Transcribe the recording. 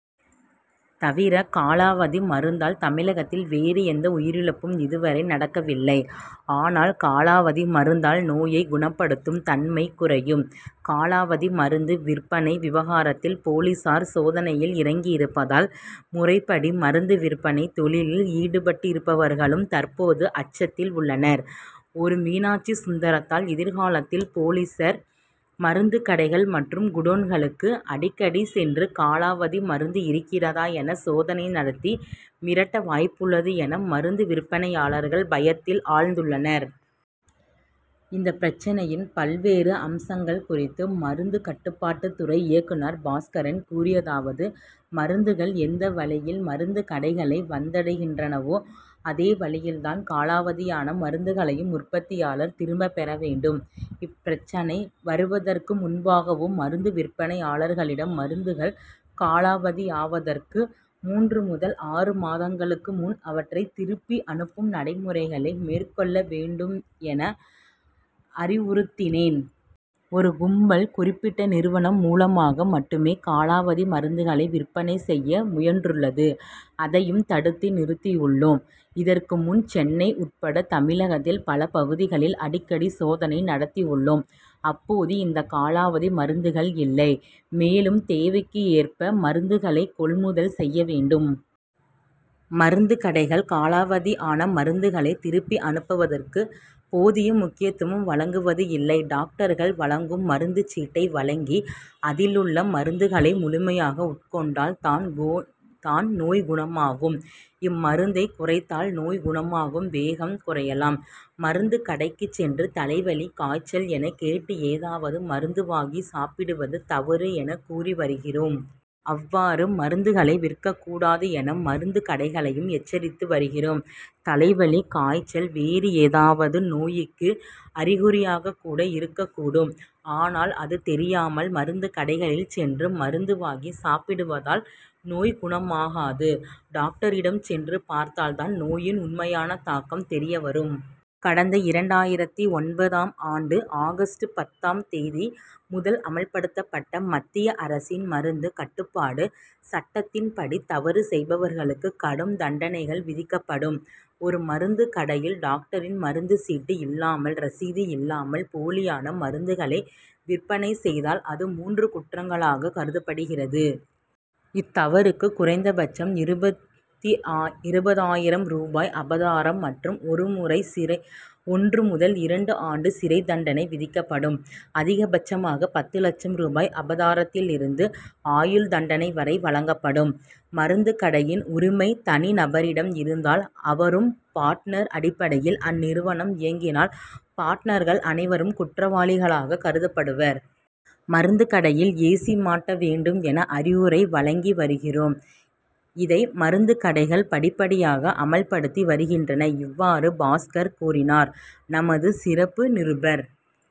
தவிர காலாவதி மருந்தால் தமிழகத்தில் வேறு எந்த உயிரிழப்பும் இதுவரை நடக்கவில்லை. ஆனால் காலாவதி மருந்தால் நோயை குணப்படுத்தும் தன்மை குறையும். காலாவதி மருந்து விற்பனை விவகாரத்தில் போலீசார் சோதனையில் இறங்கியிருப்பதால், முறைப்படி மருந்து விற்பனைத் தொழிலில் ஈடுபட்டிருப்பவர்களும் தற்போது அச்சத்தில் உள்ளனர். ஒரு மீனாட்சி சுந்தரத்தால் எதிர்காலத்தில் போலீசார் மருந்துக் கடைகள் மற்றும் குடோன்களுக்கு அடிக்கடி சென்று காலாவதி மருந்து இருக்கிறதா என சோதனை நடத்தி மிரட்ட வாய்ப்புள்ளது என மருந்து விற்பனையாளர்கள் பயத்தில் ஆழ்ந்துள்ளனர். இந்த பிரச்னையின் பல்வேறு அம்சங்கள் குறித்து மருந்து கட்டுப்பாட்டுத் துறை இயக்குனர் பாஸ்கரன் கூறியதாவது:மருந்துகள் எந்த வழியில் மருந்துக் கடைகளை வந்தடைகின்றனவோ அதே வழியில் தான் காலாவதியான மருந்துகளையும் உற்பத்தியாளர் திரும்பப் பெற வேண்டும். இப்பிரச்னை வருவதற்கு முன்பாகவே மருந்து விற்பனையாளர்களிடம் மருந்துகள் காலாவதியாவதற்கு மூன்று முதல் ஆறு மாதங்களுக்கு முன் அவற்றை திருப்பி அனுப்பும் நடைமுறைகளை மேற்கொள்ள வேண்டும் என அறிவுறுத்தினேன். ஒரு கும்பல் குறிப்பிட்ட நிறுவனம் மூலமாக மட்டுமே காலாவதி மருந்துகளை விற்பனை செய்ய முயன்றுள்ளது; அதையும் தடுத்து நிறுத்தியுள்ளோம். இதற்கு முன் சென்னை உட்பட தமிழகத்தின் பல பகுதிகளில் அடிக்கடி சோதனை நடத்தியுள்ளோம். அப்போது இந்த காலாவதி மருந்துகள் இல்லை. மேலும் தேவைக்கு ஏற்ப மருந்துகளை கொள்முதல் செய்ய வேண் டும். மருந்துக் கடைகள் காலாவதியான மருந்துகளை திருப்பி அனுப்புவதற்கு போதிய முக்கியத்துவம் வழங்குவதில்லை. டாக்டர்கள் வழங்கும் மருந்துச் சீட்டை வழங்கி அதிலுள்ள மருந்துகளை முழுமையாக உட்கொண்டால் தான் நோய் குணமாகும். இம்மருந்தை குறைத் தால் நோய் குணமாகும் வேகம் குறையலாம். மருந்துக் கடைக்கு சென்று தலைவலி காய்ச்சல் என கேட்டு ஏதாவது மருந்து வாங்கிச் சாப்பிடுவது தவறு என கூறி வருகிறோம். அவ்வாறு மருந்துகளை விற்கக்கூடாது என மருந்துக் கடைகளையும் எச்சரித்து வருகிறோம். தலைவலி காய்ச்சல் வேறு ஏதாவது நோய்க்கு அறிகுறியாகக்கூட இருக்கக்கூடும். ஆனால் அது தெரியாமல் மருந்துக் கடைகளில் சென்று மருந்து வாங்கி சாப்பிடுவதால, நோய் குணமாகாது. டாக்டரிடம் சென்று பார்த்தால் தான் நோயின் உண்மையான தாக்கம் தெரிய வரும். கடந்த இரண்டாயிரத்து ஒன்பது ஆம் ஆண்டு ஆகஸ்ட் பத்து ஆம் தேதி முதல் அமல்படுத்தப்பட்ட மத்திய அரசின் மருந்து கட்டுப்பாட்டு சட்டத்தின்படி தவறு செய்பவர்களுக்கு கடும் தண்டனைகள் விதிக்கப்படும். ஒரு மருந்துக் கடையில் டாக்டரின் மருந்துச் சீட்டு இல்லாமல் ரசீது இல்லாமல் போலியான மருந்துகளை விற்பனை செய்தால் அது மூன்று குற்றங்களாகக் கருதப்படுகிறது. இத்தவறுக்கு குறைந்தபட்சம் இருபது ஆயிரம் ரூபாய் அபராதம் மற்றும் ஒன்று முதல் இரண்டு ஆண்டு சிறைத் தண்டனை விதிக்கப்படும். அதிகபட்சமாக பத்து லட்சம் ரூபாய் அபராதத்திலிருந்து ஆயுள் தண்டனை வரை வழங்கப்படும். மருந்துக் கடையின் உரிமை தனிநபரிடம் இருந்தால் அவரும் பார்ட்னர் அடிப்படையில் அந்நிறுவனம் இயங்கினால் பார்ட்னர்கள் அனைவரும் குற்றவாளிகளாகக் கருதப்படுவர். மருந்துக் கடையில் ஏசி மாட்ட வேண்டும் என அறிவுரை வழங்கி வருகிறோம். இதை மருந்துக் கடைகள் படிப்படியாக அமல்படுத்தி வருகின்றன. இவ்வாறு பாஸ்கரன் கூறினார். -நமது சிறப்பு நிருபர்-